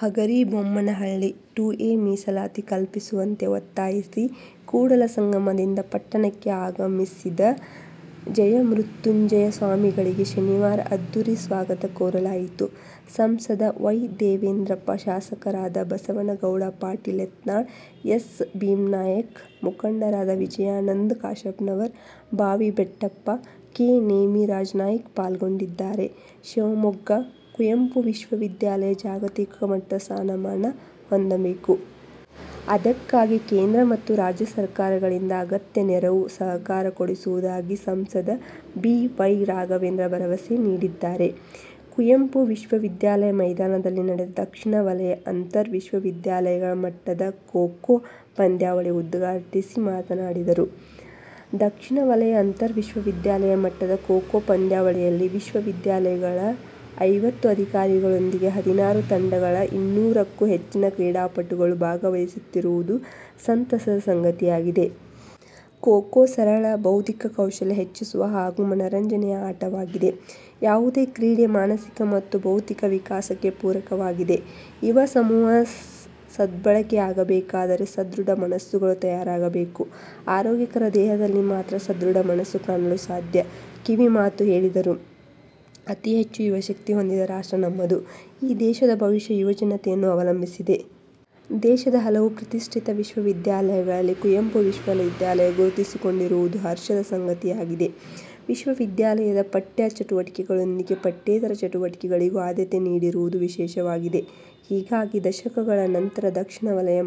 Hagaribommanahalli: two A ಮೀಸಲಾತಿ ಕಲ್ಪಿಸುವಂತೆ ಒತ್ತಾಯಿಸಿ ಕೂಡಲಸಂಗಮದಿಂದ ಪಟ್ಟಣಕ್ಕೆ ಆಗಮಿಸಿದ ಜಯಮೃತ್ಯುಂಜಯ ಸ್ವಾಮೀಜಿಗಳಿಗೆ ಶನಿವಾರ ಅದ್ಧೂರಿ ಸ್ವಾಗತ ಕೋರಲಾಯಿತು. ಸಂಸದ ವೈ. ದೇವೇಂದ್ರಪ್ಪ, ಶಾಸಕರಾದ ಬಸವನಗೌಡ ಪಾಟೀಲ್ ಯತ್ನಾಳ, ಎಸ್. ಭೀಮನಾಯ್ಕ, ಮುಖಂಡರಾದ ವಿಜಯಾನಂದ ಕಾಶಪ್ಪನವರ್, ಬಾವಿ ಬೆಟ್ಟಪ್ಪ, ಕೆ. ನೇಮಿರಾಜನಾಯ್ಕ ಪಾಲ್ಗೊಂಡಿದ್ದಾರೆ. ಶಿವಮೊಗ್ಗ: ಕುವೆಂಪು ವಿಶ್ವವಿದ್ಯಾಲಯ ಜಾಗತಿಕ ಮಟ್ಟದ ಸ್ಥಾನಮಾನ ಹೊಂದಬೇಕು. ಅದಕ್ಕಾಗಿ ಕೇಂದ್ರ ಮತ್ತು ರಾಜ್ಯ ಸರ್ಕಾರಗಳಿಂದ ಅಗತ್ಯ ನೆರವು, ಸಹಕಾರ ಕೊಡಿಸುವುದಾಗಿ ಸಂಸದ ಬಿ. ವೈ. ರಾಘವೇಂದ್ರ ಭರವಸೆ ನೀಡಿದ್ದಾರೆ. ಕುವೆಂಪು ವಿಶ್ವವಿದ್ಯಾಲಯದ ಮೈದಾನದಲ್ಲಿ ನಡೆದ ದಕ್ಷಿಣ ವಲಯ ಅಂತರ್ ವಿಶ್ವವಿದ್ಯಾಲಯಗಳ ಮಟ್ಟದ ಖೋ-ಖೋ ಪಂದ್ಯಾವಳಿ ಉದ್ಘಾಟಿಸಿ ಮಾತನಾಡಿದರು. ದಕ್ಷಿಣ ವಲಯ ಅಂತರ್ ವಿಶ್ವವಿದ್ಯಾಲಯ ಮಟ್ಟದ ಖೋ-ಖೋ ಪಂದ್ಯಾವಳಿಯಲ್ಲಿ ವಿಶ್ವ ವಿದ್ಯಾಲಯಗಳ ಐವತ್ತು ಅಧಿಕಾರಿಗಳೊಂದಿಗೆ ಹದಿನಾರು ತಂಡಗಳ ಇನ್ನೂರಕ್ಕೂ ಹೆಚ್ಚಿನ ಕ್ರೀಡಾಪಟುಗಳು ಭಾಗವಹಿಸುತ್ತಿರುವುದು ಸಂತಸದ ಸಂಗತಿಯಾಗಿದೆ. ಖೋ-ಖೋ ಸರಳ, ಬೌದ್ಧಿಕ ಕೌಶಲ್ಯ ಹೆಚ್ಚಿಸುವ ಹಾಗೂ ಮನರಂಜನೆಯ ಆಟವಾಗಿದೆ. ಯಾವುದೇ ಕ್ರೀಡೆ ಮಾನಸಿಕ ಮತ್ತು ಬೌದ್ಧಿಕ ವಿಕಾಸಕ್ಕೆ ಪೂರಕವಾಗಿದೆ. ಯುವ ಸಮೂಹದ ಸದ್ಬಳಕೆಯಾಗಬೇಕಾದರೆ ಸದೃಢ ಮನಸ್ಸುಗಳು ತಯಾರಾಗಬೇಕು. ಆರೋಗ್ಯಕರ ದೇಹದಲ್ಲಿ ಮಾತ್ರ ಸದೃಢ ಮನಸ್ಸು ಕಾಣಲು ಸಾಧ್ಯ ಕಿವಿ ಮಾತು ಹೇಳಿದರು. ಅತಿಹೆಚ್ಚು ಯುವಶಕ್ತಿ ಹೊಂದಿದ ರಾಷ್ಟ್ರ ನಮ್ಮದು, ಈ ದೇಶದ ಭವಿಷ್ಯ ಯುವಜನತೆಯನ್ನು ಅವಲಂಬಿಸಿದೆ. ದೇಶದ ಹಲವು ಪ್ರತಿಷ್ಠಿತ ವಿಶ್ವವಿದ್ಯಾಲಯಗಳಲ್ಲಿ ಕುವೆಂಪು ವಿಶ್ವವಿದ್ಯಾಲಯ ಗುರುತಿಸಿಕೊಂಡಿರುವುದು ಹರ್ಷದ ಸಂಗತಿಯಾಗಿದೆ. ವಿಶ್ವವಿದ್ಯಾಲಯ ಪಠ್ಯ ಚಟುವಟಿಕೆಗಳೊಂದಿಗೆ ಪಠ್ಯೇತರ ಚಟುವಟಿಕೆಗಳಿಗೂ ಆದ್ಯತೆ ನೀಡಿರುವುದು ವಿಶೇಷವಾಗಿದೆ. ಹೀಗಾಗಿ ದಶಕಗಳ ನಂತರ ದಕ್ಷಿಣ ವಲಯ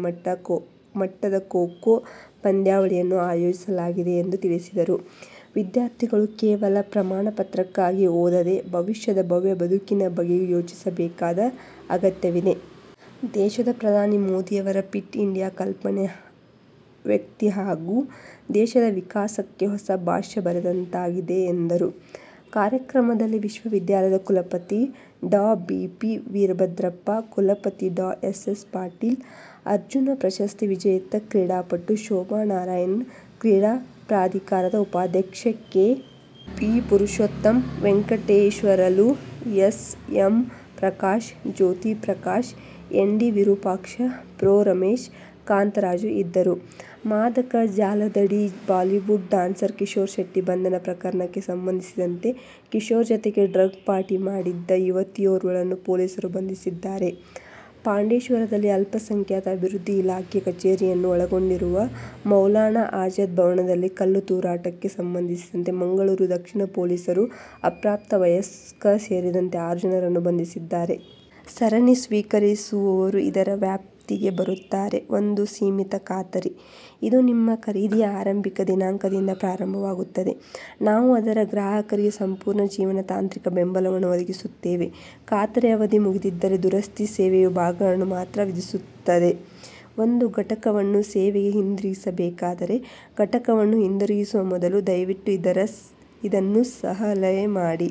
ಮಟ್ಟದ ಖೋ-ಖೋ ಪಂದ್ಯಾವಳಿಯನ್ನು ಆಯೋಜಿಸಲಾಗಿದೆ ಎಂದು ತಿಳಿಸಿದರು. ವಿದ್ಯಾರ್ಥಿಗಳು ಕೇವಲ ಪ್ರಮಾಣ ಪತ್ರಕ್ಕಾಗಿ ಓದದೇ ಭವಿಷ್ಯದ ಭವ್ಯ ಬದುಕಿನ ಬಗ್ಗೆಯೂ ಯೋಚಿಸಬೇಕಾದ ಅಗತ್ಯವಿದೆ. ದೇಶದ ಪ್ರಧಾನಿ ಮೋದಿಯವರ ಫಿಟ್ ಇಂಡಿಯಾ ಕಲ್ಪನೆ ವ್ಯಕ್ತಿ ಹಾಗೂ ದೇಶದ ವಿಕಾಸಕ್ಕೆ ಹೊಸ ಭಾಷ್ಯ ಬರೆದಂತಾಗಿದೆ ಎಂದರು. ಕಾರ್ಯಕ್ರಮದಲ್ಲಿ ವಿಶ್ವವಿದ್ಯಾಲಯಯ ಕುಲಪತಿ ಡಾ. ಬಿ. ಪಿ. ವೀರಭದ್ರಪ್ಪ, ಕುಲಸಚಿವ ಡಾ. ಎಸ್. ಎಸ್. ಪಾಟೀಲ್, ಅರ್ಜುನ ಪ್ರಶಸ್ತಿ ವಿಜೇತ ಕ್ರೀಡಾಪಟು ಶೋಭಾ ನಾರಾಯಣ್, ಕ್ರೀಡಾ ಪ್ರಾಧಿಕಾರದ ಉಪಾಧ್ಯಕ್ಷ K. P. Purushottama, Venkateswarlu, S. M. Prakash, Jyothi Prakash, N. D. Virupaksha, pro. Ramesh, Kantharaju ಇದ್ದರು. ಮಾದಕ ಜಾಲದಡಿ ಬಾಲಿವುಡ್ ಡ್ಯಾನ್ಸರ್ ಕಿಶೋರ್ ಶೆಟ್ಟಿ ಬಂಧನ ಪ್ರಕರಣಕ್ಕೆ ಸಂಬಂಧಿಸಿದಂತೆ ಕಿಶೋರ್ ಜತೆಗೆ ಡ್ರಗ್ ಪಾರ್ಟಿ ಮಾಡಿದ್ದ ಯುವತಿಯೋರ್ವಳನ್ನು ಪೊಲೀಸರು ಬಂಧಿಸಿದ್ದಾರೆ. ಪಾಂಡೇಶ್ವರದಲ್ಲಿ ಅಲ್ಪಸಂಖ್ಯಾತ ಅಭಿವೃದ್ಧಿ ಇಲಾಖೆಯ ಕಚೇರಿಯನ್ನು ಒಳಗೊಂಡಿರುವ ಮೌಲಾನಾ ಆಜಾದ್ ಭವನದಲ್ಲಿ ಕಲ್ಲು ತೂರಾಟಕ್ಕೆ ಸಂಬಂಧಿಸಿದಂತೆ ಮಂಗಳೂರು ದಕ್ಷಿಣ ಪೊಲೀಸರು ಅಪ್ರಾಪ್ತ ವಯಸ್ಕ ಸೇರಿದಂತೆ ಆರು ಜನರನ್ನು ಬಂಧಿಸಿದ್ದಾರೆ. ಸರಣಿ ಸ್ವೀಕರಿಸುವವರು ಇದರ ವ್ಯಾಪ್ತಿಗೆ ಬರುತ್ತಾರೆ ಒಂದು ಸೀಮಿತ ಖಾತರಿ, ಇದು ನಿಮ್ಮ ಖರೀದಿಯ ಆರಂಭಿಕ ದಿನಾಂಕದಿಂದ ಪ್ರಾರಂಭವಾಗುತ್ತದೆ. ನಾವು ಅದರ ಗ್ರಾಹಕರಿಗೆ ಸಂಪೂರ್ಣ ಜೀವನ ತಾಂತ್ರಿಕ ಬೆಂಬಲವನ್ನು ಒದಗಿಸುತ್ತೇವೆ. ಖಾತರಿ ಅವಧಿ ಮುಗಿದಿದ್ದರೆ, ದುರಸ್ತಿ ಸೇವೆಯು ಭಾಗಗಳನ್ನು ಮಾತ್ರ ವಿಧಿಸುತ್ತದೆ. ಒಂದು ಘಟಕವನ್ನು ಸೇವೆಗೆ ಹಿಂತಿರುಗಿಸಬೇಕಾದರೆ, ಘಟಕವನ್ನು ಹಿಂದಿರುಗಿಸುವ ಮೊದಲು, ದಯವಿಟ್ಟು ಇದನ್ನು ಸಲಹೆ ಮಾಡಿ: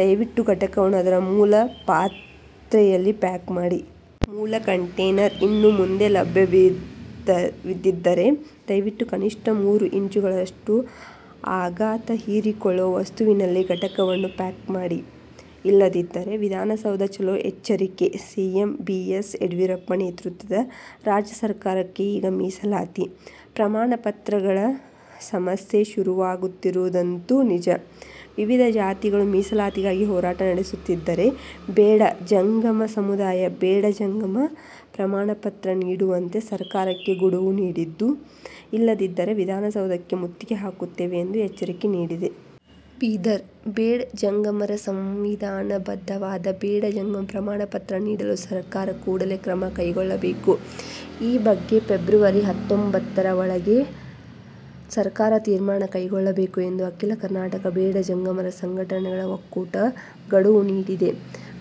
ದಯವಿಟ್ಟು ಘಟಕವನ್ನು ಅದರ ಮೂಲ ಪಾತ್ರೆಯಲ್ಲಿ ಪ್ಯಾಕ್ ಮಾಡಿ. ಮೂಲ ಕಂಟೇನರ್ ಇನ್ನು ಮುಂದೆ ಲಭ್ಯವಿಲ್ಲದಿದ್ದರೆ, ದಯವಿಟ್ಟು ಕನಿಷ್ಠ ಮೂರು ಇಂಚುಗಳಷ್ಟು ಆಘಾತ ಹೀರಿಕೊಳ್ಳುವ ವಸ್ತುವಿನಲ್ಲಿ ಘಟಕವನ್ನು ಪ್ಯಾಕ್ ಮಾಡಿ. ಇಲ್ಲದಿದ್ದರೆ ವಿಧಾನಸೌಧ ಚಲೋ ಎಚ್ಚರಿಕೆ ಸಿಎಂ ಬಿಎಸ್ ಯಡಿಯೂರಪ್ಪ ನೇತೃತ್ವದ ರಾಜ್ಯ ಸರಕಾರಕ್ಕೆ ಈಗ ಮೀಸಲಾತಿ, ಪ್ರಮಾಣ ಪತ್ರಗಳ ಸಮಸ್ಯೆ ಶುರುವಾಗಿರುವುದಂತೂ ನಿಜ. ವಿವಿಧ ಜಾತಿಗಳು ಮೀಸಲಾತಿಗಾಗಿ ಹೋರಾಟ ನಡೆಸುತ್ತಿದ್ದರೆ, ಬೇಡ ಜಂಗಮ ಸಮುದಾಯ ಬೇಡ ಜಂಗಮ ಪ್ರಮಾಣ ಪತ್ರ ನೀಡುವಂತೆ ಸರಕಾರಕ್ಕೆ ಗುಡುವು ನೀಡಿದ್ದು, ಇಲ್ಲದಿದ್ದರೆ ವಿಧಾನಸೌಧಕ್ಕೆ ಮುತ್ತಿಗೆ ಹಾಕುತ್ತೇವೆ ಎಂದು ಎಚ್ಚರಿಕೆ ನೀಡಿದೆ. ಬೀದರ್: ಬೇಡ ಜಂಗಮರ ಸಂವಿಧಾನ ಬದ್ದವಾದ ಬೇಡ ಜಂಗಮ ಪ್ರಮಾಣ ಪತ್ರ ನೀಡಲು ಸರಕಾರ ಕೂಡಲೇ ಕ್ರಮ ಕೈಗೊಳ್ಳಬೇಕು. ಈ ಬಗ್ಗೆ ಫೆಬ್ರವರಿ ಹತ್ತೊಂಬತ್ತರ ಒಳಗೆ ಸರಕಾರ ತೀರ್ಮಾನ ಕೈಗೊಳ್ಳಬೇಕು ಎಂದು ಅಖಿಲ ಕರ್ನಾಟಕ ಬೇಡ ಜಂಗಮರ ಸಂಘಟನೆಗಳ ಒಕ್ಕೂಟ ಗಡುವು ನೀಡಿದೆ.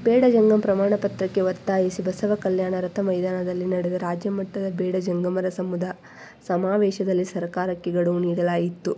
ಬೇಡ ಜಂಗಮ ಪ್ರಮಾಣ ಪತ್ರಕ್ಕೆ ಒತ್ತಾಯಿಸಿ ಬಸವಕಲ್ಯಾಣದ ರಥ ಮೈದಾನದಲ್ಲಿ ನಡೆದ ರಾಜ್ಯಮಟ್ಟದ ಬೇಡ ಜಂಗಮರ ಸಮಾವೇಶದಲ್ಲಿ ಸರಕಾರಕ್ಕೆ ಗಡುವು ನೀಡಲಾಯಿತು.